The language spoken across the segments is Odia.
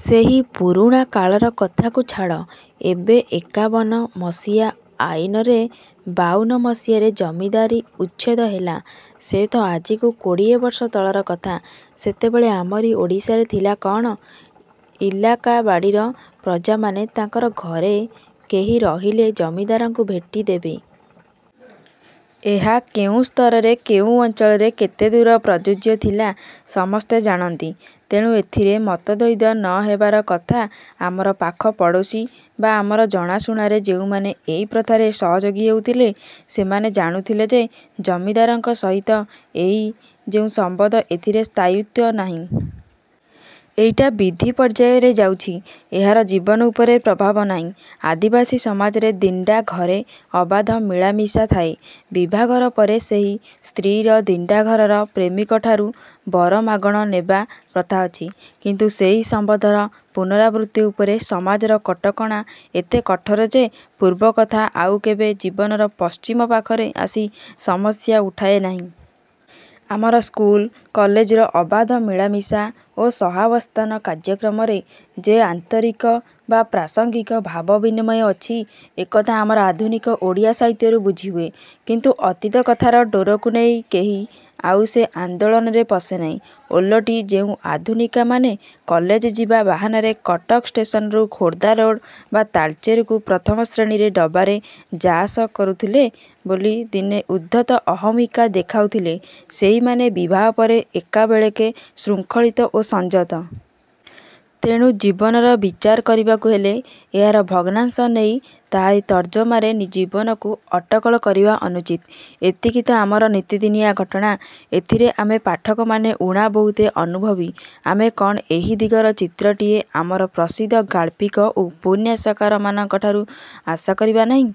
ସେହି ପୁରୁଣା କାଳର କଥାକୁ ଛାଡ଼। ଏବେ ଏକାବନ ମସିହା ଆଇନରେ ବାଉନ ମସିହାରେ ଜମିଦାରୀ ଉଚ୍ଛେଦ ହେଲା। ସେ ତ ଆଜିକୁ କୋଡ଼ିଏବର୍ଷ ତଳର କଥା। ସେତେବେଳେ ଆମରି ଓଡ଼ିଶାରେ ଥିଲା କ'ଣ? –ଇଲାକାବାଡ଼ିର ପ୍ରଜାମାନେ ତାଙ୍କର ଘରେ କେହି ରହିଲେ ଜମିଦାରଙ୍କୁ ଭେଟି ଦେବେ। ଏହା କେଉଁ ସ୍ତରରେ କେଉଁ ଅଞ୍ଚଳରେ କେତେ ଦୂର ପ୍ରଯୁଯ୍ୟ ଥିଲା–ସମସ୍ତେ ଜାଣନ୍ତି। ତେଣୁ ଏଥିରେ ମତଦ୍ୱୈଧ ନ ହେବାର କଥା। ଆମର ପାଖପଡ଼ୋଶୀ ବା ଆମର ଜଣାଶୁଣାରେ ଯେଉଁମାନେ ଏହି ପ୍ରଥାରେ ସହଯୋଗୀ ହେଉଥିଲେ ସେମାନେ ଜାଣୁଥିଲେ ଯେ ଜମିଦାରଙ୍କ ସହିତ ଏହି ଯେଉଁ ସମ୍ୱନ୍ଧ–ଏଥିରେ ସ୍ଥାୟୀତ୍ୱ ନାହିଁ। ଏଇଟା ବିଧି ପର୍ଯ୍ୟାୟରେ ଯାଉଛି। ଏହାର ଜୀବନ ଉପରେ ପ୍ରଭାବ ନାହିଁ। ଆଦିବାସୀ ସମାଜରେ ଦିଣ୍ତା ଘରେ ଅବାଧ ମିଳାମିଶା ଥାଏ। ବିଭାଘର ପରେ ସେହି ସ୍ତ୍ରୀ'ର ଦିଣ୍ତାଘରର ପ୍ରେମିକଠାରୁ ବର ମାଗଣ ନେବା ପ୍ରଥା ଅଛି। କିନ୍ତୁ ସେହି ସମ୍ୱନ୍ଧର ପୁନରାବୃତ୍ତି ଉପରେ ସମାଜର କଟକଣା ଏତେ କଠୋର ଯେ ପୂର୍ବକଥା ଆଉ କେବେ ଜୀବନର ପଶ୍ଚିମ ପାଖରେ ଆସି ସମସ୍ୟା ଉଠାଏ ନାହିଁ। ଆମର ସ୍କୁଲ କଲେଜର ଅବାଧ ମିଳାମିଶା ଓ ସହାବସ୍ଥାନ କାର୍ଯ୍ୟକ୍ରମରେ ଯେ ଆନ୍ତରିକ ବା ପ୍ରାସଙ୍ଗିକ ଭାବ ବିନିମୟ ଅଛି ଏକଥା ଆମର ଆଧୁନିକ ଓଡ଼ିଆ ସାହିତ୍ୟରୁ ବୁଝିହୁଏ-। କିନ୍ତୁ ଅତୀତ କଥାର ଡୋରକୁ ନେଇ କେହି ଆଉ ସେ ଆନ୍ଦୋଳନରେ ପଶେ ନାହିଁ-। ଓଲଟି ଯେଉଁ ଆଧୁନିକାମାନେ କଲେଜ ଯିବା ବାହାନାରେ କଟକ ଷ୍ଟେସନରୁ ଖୋର୍ଦ୍ଧାରୋଡ଼ ବା ତାଳଚେରକୁ ପ୍ରଥମ ଶ୍ରେଣୀରେ ଡବାରେ ଯାଆସ କରୁଥିଲେ ବୋଲି ଦିନେ ଉଦ୍ଧତ ଅହମିକା ଦେଖାଉଥିଲେ ସେହିମାନେ ବିବାହ ପରେ ଏକାବେଳେକେ ଶୃଙ୍ଖଳିତ ଓ ସଂଯତ। ତେଣୁ ଜୀବନର ବିଚାର କରିବାକୁ ହେଲେ ଏହାର ଭଗ୍ନାଂଶ ନେଇ ତାହାରି ତର୍ଜମାରେ ଜୀବନକୁ ଅଟକଳ କରିବା ଅନୁଚିତ୍। ଏତିକି ତ ଆମର ନିତିଦିନିଆ ଘଟଣା–ଏଥିରେ ଆମେ ପାଠକମାନେ ଊଣା ବହୁତେ ଅନୁଭବୀ। ଆମେ କ'ଣ ଏହି ଦିଗର ଚିତ୍ରଟିଏ ଆମର ପ୍ରସିଦ୍ଧ ଗାଳ୍ପିକ ଓ ଉପନ୍ୟାସକାରମାନଙ୍କଠାରୁ ଆଶା କରିବା ନାହିଁ?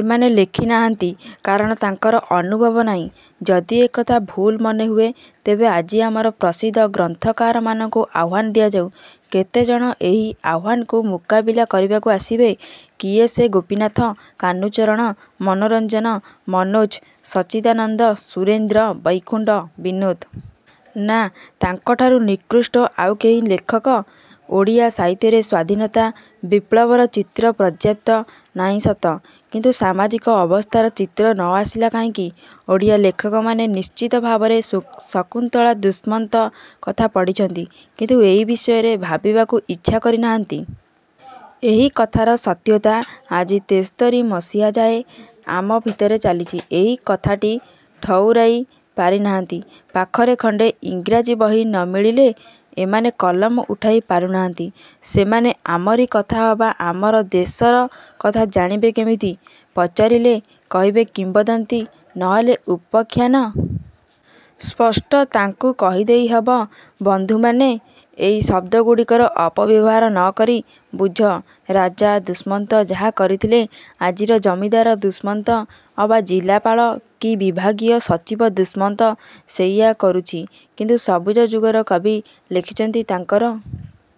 ଏମାନେ ଲେଖି ନାହାନ୍ତି। କାରଣ ତାଙ୍କର ଅନୁଭବ ନାହିଁ। ଯଦି ଏକଥା ଭୁଲ୍ ମନେହୁଏ ତେବେ ଆଜି ଆମର ପ୍ରସିଦ୍ଧ ଗ୍ରନ୍ଥକାରମାନଙ୍କୁ ଆହ୍ୱାନ ଦିଆଯାଉ–କେତେ ଜଣ ଏହି ଆହ୍ୱାନକୁ ମୁକାବିଲା କରିବାକୁ ଆସିବେ? କିଏ ସେ–ଗୋପୀନାଥ, କାହ୍ନୁଚରଣ, ମନୋରଞ୍ଜନ, ମନୋଜ, ସଚ୍ଚିଦାନନ୍ଦ, ସୁରେନ୍ଦ୍ର, ବୈକୁଣ୍ଠ, ବିନୋଦ? ନା, ତାଙ୍କଠାରୁ ନିକୃଷ୍ଟ ଆଉ କେହି ଲେଖକ? ଓଡ଼ିଆ ସାହିତ୍ୟରେ ସ୍ୱାଧୀନତା–ବିପ୍ଳବର ଚିତ୍ର ପର୍ଯ୍ୟାପ୍ତ ନାହିଁ ସତ। କିନ୍ତୁ ସାମାଜିକ ଅବସ୍ଥାର ଚିତ୍ର ନ ଆସିଲା କାହିଁକି? ଓଡ଼ିଆ ଲେଖକମାନେ ନିଶ୍ଚିତ ଭାବରେ ଶକୁନ୍ତଳା ଦୁଷ୍ମନ୍ତ କଥା ପଢ଼ିଛନ୍ତି। କିନ୍ତୁ ଏହି ବିଷୟରେ ଭାବିବାକୁ ଇଚ୍ଛା କରି ନାହାନ୍ତି। ଏହି କଥାର ସତ୍ୟତା ଆଜି ତେସ୍ତରୀ ମସିହାଯାଏ ଆମ ଭିତରେ ଚାଲିଛି–ଏହି କଥାଟି ଠଉରାଇ ପାରିନାହାନ୍ତି। ପାଖରେ ଖଣ୍ତେ ଇଂରାଜି ବହି ନ ମିଳିଲେ ଏମାନେ କଲମ ଉଠାଇ ପାରୁନାହାନ୍ତି। ସେମାନେ ଆମରି କଥା ଅବା ଆମର ଦେଶର କଥା ଜାଣିବେ କେମିତି? ପଚାରିଲେ କହିବେ କିମ୍ୱଦନ୍ତୀ ନ ହେଲେ ଉପାଖ୍ୟାନ। ସ୍ପଷ୍ଟ ତାଙ୍କୁ କହି ଦେଇ ହବ–ବନ୍ଧୁମାନେ, ଏଇ ଶଦ୍ଦଗୁଡ଼ିକର ଅପବ୍ୟବହାର ନ କରି ବୁଝ ରାଜା ଦୁଷ୍ମନ୍ତ ଯାହା କରିଥିଲେ ଆଜିର ଜମିଦାର ଦୁଷ୍ମନ୍ତ ଅବା ଜିଲାପାଳ କି ବିଭାଗୀୟ ସଚିବ ଦୁଷ୍ମନ୍ତ ସେଇଆ କରୁଛି। କିନ୍ତୁ ସବୁଜଯୁଗର କବି ଲେଖିଛନ୍ତି ତାଙ୍କର